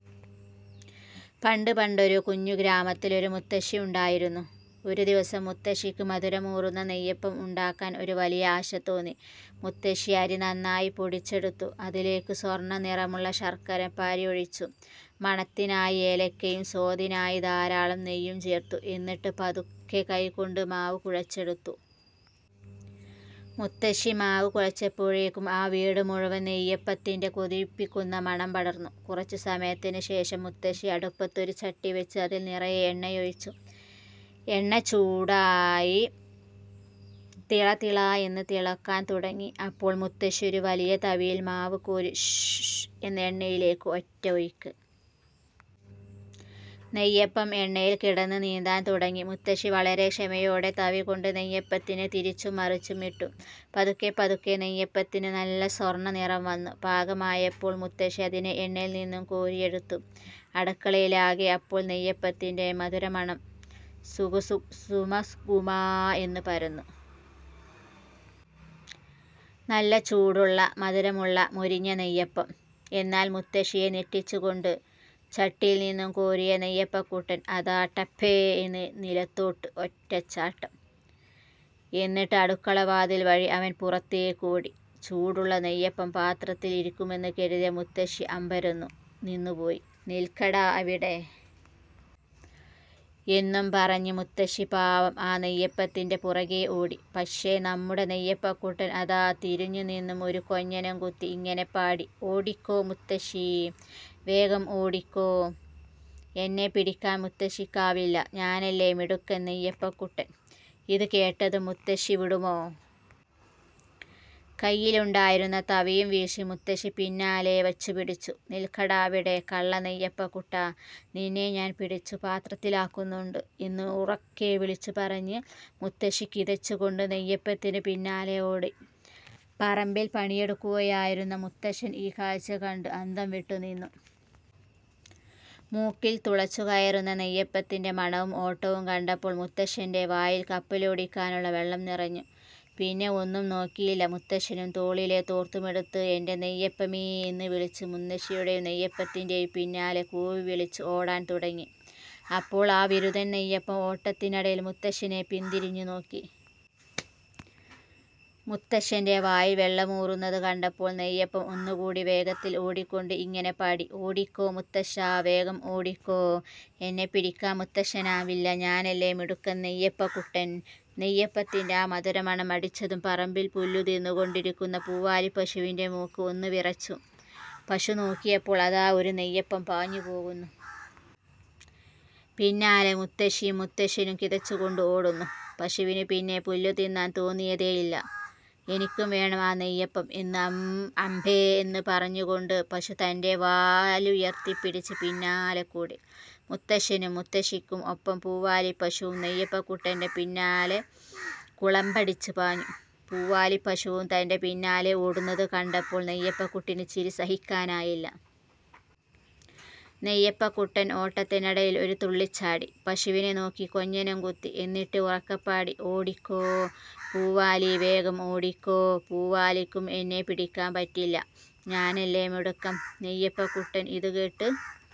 പണ്ട് പണ്ടൊരു കുഞ്ഞു ഗ്രാമത്തിൽ ഒരു മുത്തശ്ശി ഉണ്ടായിരുന്നു. ഒരു ദിവസം മുത്തശ്ശിക്ക് മധുരമൂറുന്ന നെയ്യപ്പം ഉണ്ടാക്കാൻ ഒരു വലിയ ആശ തോന്നി. മുത്തശ്ശി അരി നന്നായി പൊടിച്ചെടുത്തു. അതിലേക്ക് സ്വർണ്ണനിറമുള്ള ശർക്കരപ്പാനി ഒഴിച്ചു. മണത്തിനായി ഏലക്കയും സ്വാദിനായി ധാരാളം നെയ്യും ചേർത്തു. എന്നിട്ട് പതുക്കെ കൈകൊണ്ട് മാവ് കുഴച്ചെടുത്തു. മുത്തശ്ശി മാവ് കുഴച്ചപ്പോഴേക്കും ആ വീടു മുഴുവൻ നെയ്യപ്പത്തിന്റെ കൊതിപ്പിക്കുന്ന മണം പടർന്നു. കുറച്ചു സമയത്തിനുശേഷം മുത്തശ്ശി അടുപ്പത്ത് ഒരു ചട്ടി വെച്ച് അതിൽ നിറയെ എണ്ണ ഒഴിച്ചു. എണ്ണ ചൂടായി 'തിള തിള' എന്ന് തിളയ്ക്കാൻ തുടങ്ങി. അപ്പോൾ മുത്തശ്ശി ഒരു വലിയ തവിയിൽ മാവ് കോരി 'ശ്ശ്ശ്ശ്ശ്… ' എന്ന് എണ്ണയിലേക്ക് ഒറ്റ ഒഴിക്കൽ! നെയ്യപ്പം എണ്ണയിൽ കിടന്ന് നീന്താൻ തുടങ്ങി. മുത്തശ്ശി വളരെ ക്ഷമയോടെ തവി കൊണ്ട് നെയ്യപ്പത്തിനെ തിരിച്ചും മറിച്ചും ഇട്ടു. പതുക്കെ പതുക്കെ നെയ്യപ്പത്തിന് നല്ല സ്വർണ്ണനിറം വന്നു. പാകമായപ്പോൾ മുത്തശ്ശി അതിനെ എണ്ണയിൽ നിന്നും കോരിയെടുത്തു. അടുക്കളയിലാകെ അപ്പോൾ നെയ്യപ്പത്തിന്റെ മധുരമണം ഗുമഗുമാ എന്ന് പരന്നു. നല്ല ചൂടുള്ള, മധുരമുള്ള, മൊരിഞ്ഞ നെയ്യപ്പം! എന്നാൽ മുത്തശ്ശിയെ ഞെട്ടിച്ചുകൊണ്ട്, ചട്ടിയിൽ നിന്ന് കോരിയ നെയ്യപ്പക്കുട്ടൻ അതാ ടപ്പേ എന്ന് നിലത്തേക്ക് ഒരൊറ്റ ചാട്ടം. എന്നിട്ട് അടുക്കളവാതിൽ വഴി അവൻ പുറത്തേക്ക് ഓടി. ചൂടുള്ള നെയ്യപ്പം പാത്രത്തിൽ ഇരിക്കുമെന്ന് കരുതിയ മുത്തശ്ശി അമ്പരന്നു നിന്നുപോയി. "നിൽക്കടാ അവിടെ! " എന്നും പറഞ്ഞ് മുത്തശ്ശി പാവം ആ നെയ്യപ്പത്തിന്റെ പുറകേ ഓടി. പക്ഷേ, നമ്മുടെ നെയ്യപ്പക്കുട്ടൻ അതാ തിരിഞ്ഞുനിന്ന് ഒരു കൊഞ്ഞനം കുത്തി ഇങ്ങനെ പാടി ഓടിക്കോ മുത്തശ്ശീ… വേഗം ഓടിക്കോ! എന്നെ പിടിക്കാൻ മുത്തശ്ശിക്കാവില്ല. ഞാനല്ലേ മിടുക്കൻ നെയ്യപ്പക്കുട്ടൻ! " ഇതുകേട്ടതും മുത്തശ്ശി വിടുമോ? കൈയിലുണ്ടായിരുന്ന തവിയും വീശി മുത്തശ്ശി പിന്നാലെ വച്ചുപിടിച്ചു. "നിൽക്കടാ അവിടെ കള്ള നെയ്യപ്പക്കുട്ടാ! നിന്നെ ഞാൻ പിടിച്ചു പാത്രത്തിലാക്കുന്നുണ്ട്! " എന്ന് ഉറക്കെ വിളിച്ചു പറഞ്ഞ് മുത്തശ്ശി കിതച്ചു കൊണ്ട് നെയ്യപ്പത്തിന് പിന്നാലെ ഓടി. പറമ്പിൽ പണിയെടുക്കുകയായിരുന്ന മുത്തശ്ശൻ ഈ കാഴ്ച കണ്ട് അന്തംവിട്ടു നിന്നു. മൂക്കിൽ തുളച്ചുകയറുന്ന നെയ്യപ്പത്തിന്റെ മണവും ഓട്ടവും കണ്ടപ്പോൾ മുത്തശ്ശന്റെ വായിൽ കപ്പലോടിക്കാനുള്ള വെള്ളം നിറഞ്ഞു! പിന്നെ ഒന്നും നോക്കിയില്ല, മുത്തശ്ശനും തോളിലെ തോർത്തുമെടുത്ത് "എന്റെ നെയ്യപ്പമേ… " എന്ന് വിളിച്ച് മുത്തശ്ശിയുടെയും നെയ്യപ്പത്തിന്റെയും പിന്നാലെ കൂകിവിളിച്ച് ഓടാൻ തുടങ്ങി. അപ്പോൾ ആ വിരുതൻ നെയ്യപ്പം ഓട്ടത്തിനിടയിൽ മുത്തശ്ശനെ പിന്തിരിഞ്ഞു നോക്കി. മുത്തശ്ശന്റെ വായിൽ വെള്ളമൂറുന്നത് കണ്ടപ്പോൾ നെയ്യപ്പം ഒന്നുകൂടി വേഗത്തിൽ ഓടിക്കൊണ്ട് ഇങ്ങനെ പാടി: "ഓടിക്കോ മുത്തശ്ശാ… വേഗം ഓടിക്കോ! എന്നെ പിടിക്കാൻ മുത്തശ്ശനാവില്ല. ഞാനല്ലേ മിടുക്കൻ നെയ്യപ്പക്കുട്ടൻ! നെയ്യപ്പത്തിന്റെ ആ മധുരമണം അടിച്ചതും പറമ്പിൽ പുല്ലു തിന്നുകൊണ്ടിരുന്ന പൂവാലി പശുവിന്റെ മൂക്ക് ഒന്ന് വിറച്ചു! പശു നോക്കിയപ്പോൾ അതാ ഒരു നെയ്യപ്പം പാഞ്ഞു പോകുന്നു. പിന്നാലെ മുത്തശ്ശിയും മുത്തശ്ശനും കിതച്ചുകൊണ്ട് ഓടുന്നു. പശുവിന് പിന്നെ പുല്ല് തിന്നാൻ തോന്നിയതേയില്ല! "എനിക്കും വേണം ആ നെയ്യപ്പം" എന്ന് അംബേ…. എന്ന് പറഞ്ഞു കൊണ്ട് പശു തന്റെ വാലുയർത്തിപ്പിടിച്ച് പിന്നാലെ കൂടി. മുത്തശ്ശനും മുത്തശ്ശിക്കും ഒപ്പം പൂവാലി പശുവും നെയ്യപ്പക്കുട്ടന്റെ പിന്നാലെ കുളമ്പടിച്ച് പാഞ്ഞു. പൂവാലി പശുവും തന്റെ പിന്നാലെ ഓടുന്നത് കണ്ടപ്പോൾ നെയ്യപ്പക്കുട്ടന് ചിരി സഹിക്കാനായില്ല. നെയ്യപ്പക്കുട്ടൻ ഓട്ടത്തിനിടയിൽ ഒരു തുള്ളിച്ചാടി, പശുവിനെ നോക്കി കൊഞ്ഞനം കുത്തി! എന്നിട്ട് ഉറക്കെ പാടി: "ഓടിക്കോ പൂവാലീ… വേഗം ഓടിക്കോ! പൂവാലിക്കും എന്നെ പിടിക്കാൻ പറ്റില്ല! ഞാനല്ലേ മിടുക്കൻ നെയ്യപ്പക്കുട്ടൻ! " ഇതുകേട്ട